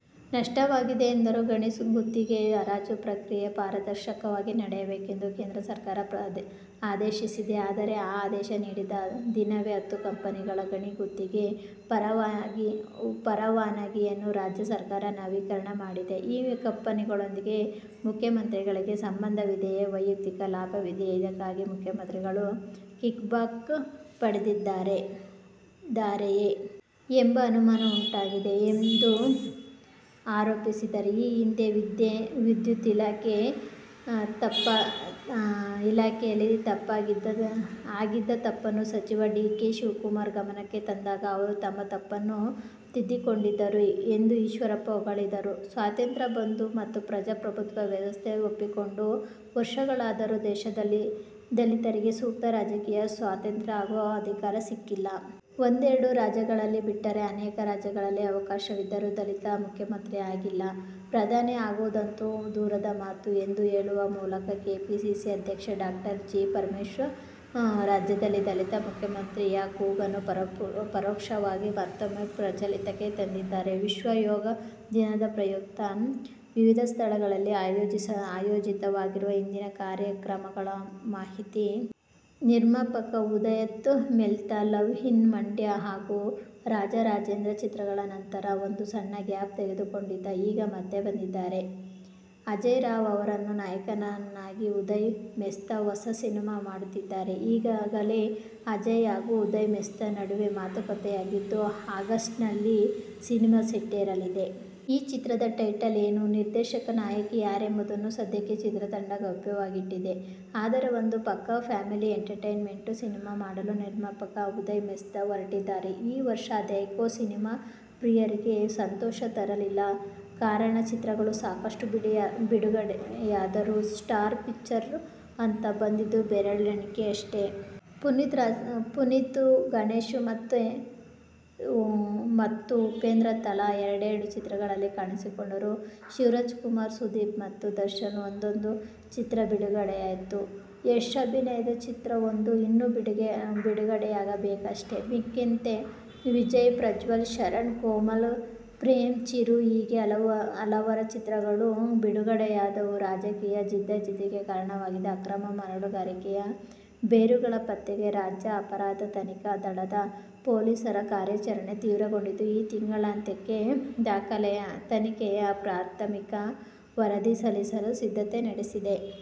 ನಷ್ಟವಾಗಿದೆ ಎಂದರು. ಗಣಿ ಗುತ್ತಿಗೆ ಹರಾಜು ಪ್ರಕ್ರಿಯೆ ಪಾರದರ್ಶಕವಾಗಿ ನಡೆಯಬೇಕೆಂದು ಕೇಂದ್ರ ಸರ್ಕಾರ ಆದೇಶಿಸಿದೆ. ಆದರೆ ಈ ಆದೇಶ ನೀಡಿದ ದಿನವೇ ಹತ್ತು ಕಂಪನಿಗಳ ಗಣಿ ಗುತ್ತಿಗೆ ಪರವಾನಗಿಯನ್ನು ರಾಜ್ಯ ಸರ್ಕಾರ ನವೀಕರಣ ಮಾಡಿದೆ. ಈ ಕಂಪನಿಗಳೊಂದಿಗೆ ಮುಖ್ಯಮಂತ್ರಿಗಳಿಗೆ ಸಂಬಂಧವಿದೆಯೇ? ವೈಯಕ್ತಿಕ ಲಾಭವಿದೆಯೇ? ಇದಕ್ಕಾಗಿ ಮುಖ್ಯಮಂತ್ರಿಗಳು ಕಿಕ್ಬ್ಯಾಕ್ ಪಡೆದಿದ್ದಾರೆಯೇ? ಎಂಬ ಅನುಮಾನ ಉಂಟಾಗಿದೆ ಎಂದು ಆರೋಪಿಸಿದರು. ಈ ಹಿಂದೆ ವಿದ್ಯುತ್ ಇಲಾಖೆಯಲ್ಲಿ ಆಗಿದ್ದ ತಪ್ಪನ್ನು ಸಚಿವ ಡಿ. ಕೆ. ಶಿವಕುಮಾರ್ ಗಮನಕ್ಕೆ ತಂದಾಗ ಅವರು ತಮ್ಮ ತಪ್ಪನ್ನು ತಿದ್ದಿಕೊಂಡಿದ್ದರು ಎಂದು ಈಶ್ವರಪ್ಪ ಹೊಗಳಿದರು. "ಸ್ವಾತಂತ್ರ್ಯ ಬಂದು ಮತ್ತು ಪ್ರಜಾಪ್ರಭುತ್ವ ವ್ಯವಸ್ಥೆ ಒಪ್ಪಿಕೊಂಡು ವರ್ಷಗಳಾದರೂ ದೇಶದಲ್ಲಿದಲಿತರಿಗೆ ಸೂಕ್ತ ರಾಜಕೀಯ ಸ್ವಾತಂತ್ರ್ಯ ಹಾಗೂ ಅಧಿಕಾರ ಸಿಕ್ಕಿಲ್ಲ. ಒಂದೆರಡು ರಾಜ್ಯಗಳಲ್ಲಿ ಬಿಟ್ಟರೆ, ಅನೇಕರಾಜ್ಯಗಳಲ್ಲಿ ಅವಕಾಶವಿದ್ದರೂ ದಲಿತರು ಮುಖ್ಯಮಂತ್ರಿ ಆಗಿಲ್ಲ, ಪ್ರಧಾನಿ ಆಗುವುದಂತೂ ದೂರದ ಮಾತು' ಎಂದು ಹೇಳುವ ಮೂಲಕ ಕೆಪಿಸಿಸಿ ಅಧ್ಯಕ್ಷ ಡಾ. ಜಿ. ಪರಮೇಶ್ವರ್, ರಾಜ್ಯದಲ್ಲಿ ದಲಿತ ಮುಖ್ಯಮಂತ್ರಿಯ ಕೂಗನ್ನುಪರೋಕ್ಷವಾಗಿ ಮತ್ತೂಮ್ಮೆ ಪ್ರಚಲಿತಕ್ಕೆ ತಂದಿದ್ದಾರೆ. ವಿಶ್ವ ಯೋಗ ದಿನದ ಪ್ರಯುಕ್ತ ವಿವಿಧ ಸ್ಥಳಗಳಲ್ಲಿ ಆಯೋಜಿತವಾಗಿರುವ ಇಂದಿನ ಕಾರ್ಯಕ್ರಮಗಳ ಮಾಹಿತಿ. ನಿರ್ಮಾಪಕ ಉದಯ್ ಮೆಹ್ತಾ "ಲವ್ ಇನ್ ಮಂಡ್ಯ' ಹಾಗೂ "ರಾಜ ರಾಜೇಂದ್ರ' ಚಿತ್ರಗಳ ನಂತರ ಒಂದು ಸಣ್ಣ ಗ್ಯಾಪ್ ತಗೊಂಡಿದ್ದರು. ಈಗ ಮತ್ತೆ ಬಂದಿದ್ದಾರೆ. ಅಜೇಯ್ ರಾವ್ ಅವರನ್ನು ನಾಯಕರನ್ನಾಗಿಸಿ ಉದಯ್ ಮೆಹ್ತಾ ಹೊಸ ಸಿನಿಮಾ ಮಾಡುತ್ತಿದ್ದಾರೆ. ಈಗಾಗಲೇ ಅಜೇಯ್ ಹಾಗೂ ಉದಯ್ ಮೆಹ್ತಾ ನಡುವೆ ಮಾತುಕತೆಯಾಗಿದ್ದು, ಆಗಸ್ಟ್ನಲ್ಲಿ ಸಿನಿಮಾ ಸೆಟ್ಟೇರಲಿದೆ. ಈ ಚಿತ್ರದ ಟೈಟಲ್ ಏನು, ನಿರ್ದೇಶಕ, ನಾಯಕಿ ಯಾರೆಂಬುದನ್ನು ಸದ್ಯಕ್ಕೆ ಚಿತ್ರತಂಡ ಗೌಪ್ಯವಾಗಿಟ್ಟಿದೆ. ಆದರೆ, ಒಂದು ಪಕ್ಕಾ ಫ್ಯಾಮಿಲಿ ಎಂಟರ್ಟೈನರ್ ಸಿನಿಮಾ ಮಾಡಲು ನಿರ್ಮಾಪಕ ಉದಯ್ ಮೆಹ್ತಾ ಹೊರಟಿದ್ದಾರೆ. ಈ ವರ್ಷ ಅದೇಕೋ ಸಿನಿಮಾ ಪ್ರಿಯರಿಗೆ ಸಂತೋಷ ತರಲಿಲ್ಲ. ಕಾರಣ ಚಿತ್ರಗಳು ಸಾಕಷ್ಟು ಬಿಡುಗಡೆಯಾದರೂ ಸ್ಟಾರ್ ಪಿಕ್ಚರ್ ಅಂತ ಬಂದಿದ್ದು ಬೆರಳಿಣಿಕೆಯಷ್ಟು. ಪುನೀತ್, ಗಣೇಶ್ ಮತ್ತು ಉಪೇಂದ್ರ ತಲಾ ಎರಡೆರೆಡು ಚಿತ್ರಗಳಲ್ಲಿ ಕಾಣಿಸಿಕೊಂಡರು. ಶಿವರಾಜಕುಮಾರ್, ಸುದೀಪ್ ಮತ್ತು ದರ್ಶನ್ ಒಂದೊಂದು ಚಿತ್ರ ಬಿಡುಗಡೆಯಾಯಿತು. ಯಶ್ ಅಭಿನಯದ ಚಿತ್ರವೊಂದು ಇನ್ನೂ ಬಿಡುಗಡೆಯಾಗಬೇಕಷ್ಟೇ. ಮಿಕ್ಕಂತೆ ವಿಜಯ್, ಪ್ರಜ್ವಲ್, ಶರಣ್, ಕೋಮಲ್, ಪ್ರೇಮ್, ಚಿರು ಹೀಗೆ ಹಲವರ ಚಿತ್ರಗಳು ಬಿಡುಗಡೆಯಾದವು. ರಾಜಕೀಯ ಜಿದ್ದಾಜಿದ್ದಿಗೆ ಕಾರಣವಾಗಿದ್ದ "ಅಕ್ರಮ ಮರಳು ಗಣಿಗಾರಿಕೆ'ಯ ಬೇರುಗಳ ಪತ್ತೆಗೆ ರಾಜ್ಯ ಅಪರಾಧ ತನಿಖಾ ದಳ ದ ಪೊಲೀಸರ ಕಾರ್ಯಾಚರಣೆ ತೀವ್ರಗೊಂಡಿದ್ದು, ಈ ತಿಂಗಳಾಂತ್ಯಕ್ಕೆ ತನಿಖೆಯ ಪ್ರಾಥಮಿಕ ವರದಿ ಸಲ್ಲಿಸಲು ಸಿದ್ಧತೆ ನಡೆಸಿದೆ.